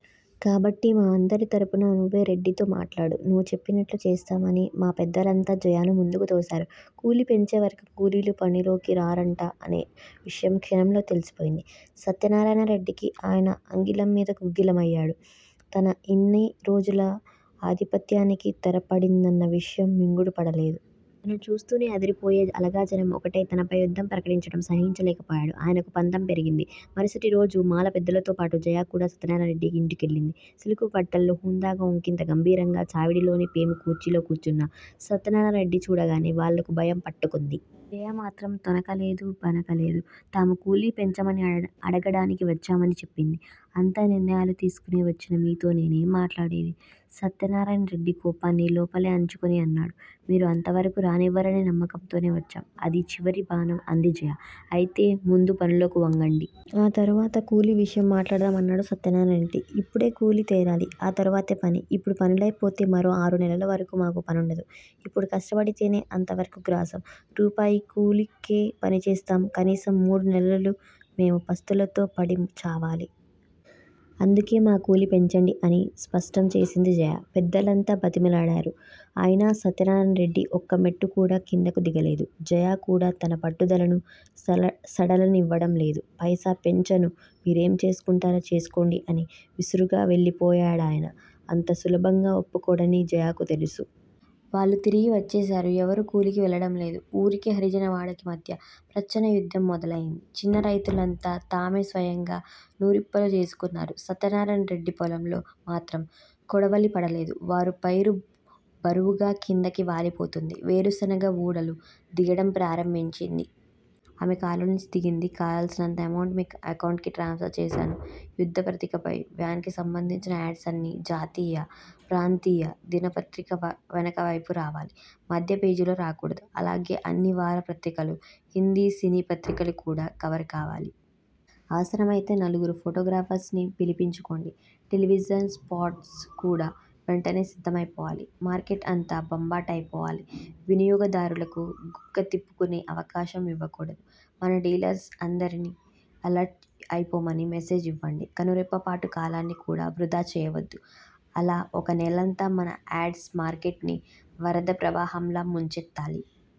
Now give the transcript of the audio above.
కాబట్టి మా అందరి తరపున నువ్వే రెడ్డితో మాట్లాడు. నువు చెప్పినట్టు చేస్తాం అని మా పెద్దలంతా జయను ముందుకు తోశారు. కూలీ పెంచేవరకు కూలీలు పనుల్లోకి రారంట అనే విషయం క్షణంలో తెలిసిపోయింది సత్యనారాయణరెడ్డికి. ఆయన అగ్గిలం మీద గుగ్గిలం అయ్యాడు. తన ఇన్ని రోజుల ఆధిపత్యానికి తెర పడిందన్న విషయం మింగుడు పడలేదు. తనను చూస్తూనే అదిరిపోయే అలగా జనం ఒక్కటై తనపై యుద్ధం ప్రకటించడం సహించలేకపోయాడు. ఆయనకు పంతం పెరిగింది. మరుసటి రోజు మాల పెద్దలతోపాటు జయ కూడా సత్యనారాయణరెడ్డి ఇంటికెళ్ళింది. సిల్క్ బట్టల్లో హుందాగా, ఒకింత గంభీరంగా చావిడిలోని పేము కుర్చీలో కూర్చున్న సత్యనారాయణరెడ్డిని చూడగానే వాళ్ళకు భయం పట్టుకుంది. జయ మాత్రం తొణకలేదు. బెణకలేదు. తాము కూలీ పెంచమని అడగడానికి వచ్చామని చెప్పింది. అంతా నిర్ణయాలు తీసుకునే వచ్చిన మీతో నేనేం మాట్లాడేది? సత్యనారాయణరెడ్డి కోపాన్ని లోపలే అణచుకుని అన్నాడు. మీరు అంతవరకు రానివ్వరనే నమ్మకంతోనే వచ్చాం. అది చివరి బాణం అంది జయ. అయితే ముందు పనులకు వంగండి. ఆ తరువాత కూలీ విషయం మాట్లాడదాం అన్నాడు సత్యనారాయణరెడ్డి. ఇప్పుడే కూలీ తేలాలి. ఆ తరువాతే పని. ఇప్పుడు పనులైపోతే మరో ఆరు నెలల వరకు మాకు పనుండదు. ఇప్పుడు కష్టపడితేనే అంతవరకు గ్రాసం. రూపాయి కూలీకే పనిచేస్తే కనీసం మూడు నెలలు మేం పస్తులతో మాడి చావాలి. అందుకే మా కూలీ పెంచండి అని స్పష్టం చేసింది జయ. పెద్దలంతా బతిమలాడారు. అయినా సత్యనారాయణరెడ్డి ఒక్క మెట్టు కూడా కిందకు దిగలేదు. జయ కూడా తన పట్టుదలను సడలనివ్వలేదు. పైసా పెంచను. మీరేం చేసుకుంటారో చేసుకోండి అని విసురుగా వెళ్ళిపోయాడాయన. అంత సులభంగా ఒప్పుకోడని జయకూ తెలుసు. వాళ్ళు తిరిగి వచ్చేశారు. ఎవరూ కూలీకి వెళ్ళడం లేదు. ఊరికీ, హరిజనవాడకీ మధ్య ప్రచ్చన్న యుద్ధం మొదలైంది. చిన్న రైతులంతా తామే స్వయంగా నూర్పిళ్ళు చేసుకున్నారు. సత్యనారాయణరెడ్డి పొలంలో మాత్రం కొడవలి పడలేదు. వరి పైరు బరువుగా కిందకు వాలిపోతోంది. వేరుశనగ వూడలు దిగడం ప్రారంభించింది. ఆమె కారులోంచి దిగింది. కావల్సినంత ఎమౌంట్ మీ ఎకౌంట్ కి ట్రాన్స్ ఫర్ చేశాను. యుద్ద ప్రాతిపదికపై వ్యాన్ కి సంబంధించిన యాడ్స్ అన్నీ జాతీయ, ప్రాంతీయ దినపత్రిక వెనుకవైపు రావాలి. మధ్య పేజీల్లో రాకూడదు. అలాగే అన్ని వారపత్రికలు, హిందీ సినీపత్రికలు కూడా కవర్ కావాలి. అవసరమైతే నలుగురు ఫోటోగ్రాఫర్స్ ని పిలిపించుకోండి. టెలివిజన్ స్పాట్స్ కూడా వెంటనే సిద్దమైపోవాలి. మార్కెట్ అంతా బంబాట్ అయిపోవాలి. వినియోగదారులకు గుక్కతిప్పుకునే అవకాశం యివ్వకూడదు. మన డీలర్స్ అందర్నీ అలర్ట్ అయిపొమ్మని మెసేజ్ ఇవ్వండి. కనురెప్పపాటు కాలాన్ని కూడా వృధా చేయవద్దు. అలా ఒక్క నెలంతా మన యాడ్స్ మార్కెట్ ని వరద ప్రవాహంలా ముంచెత్తాలి.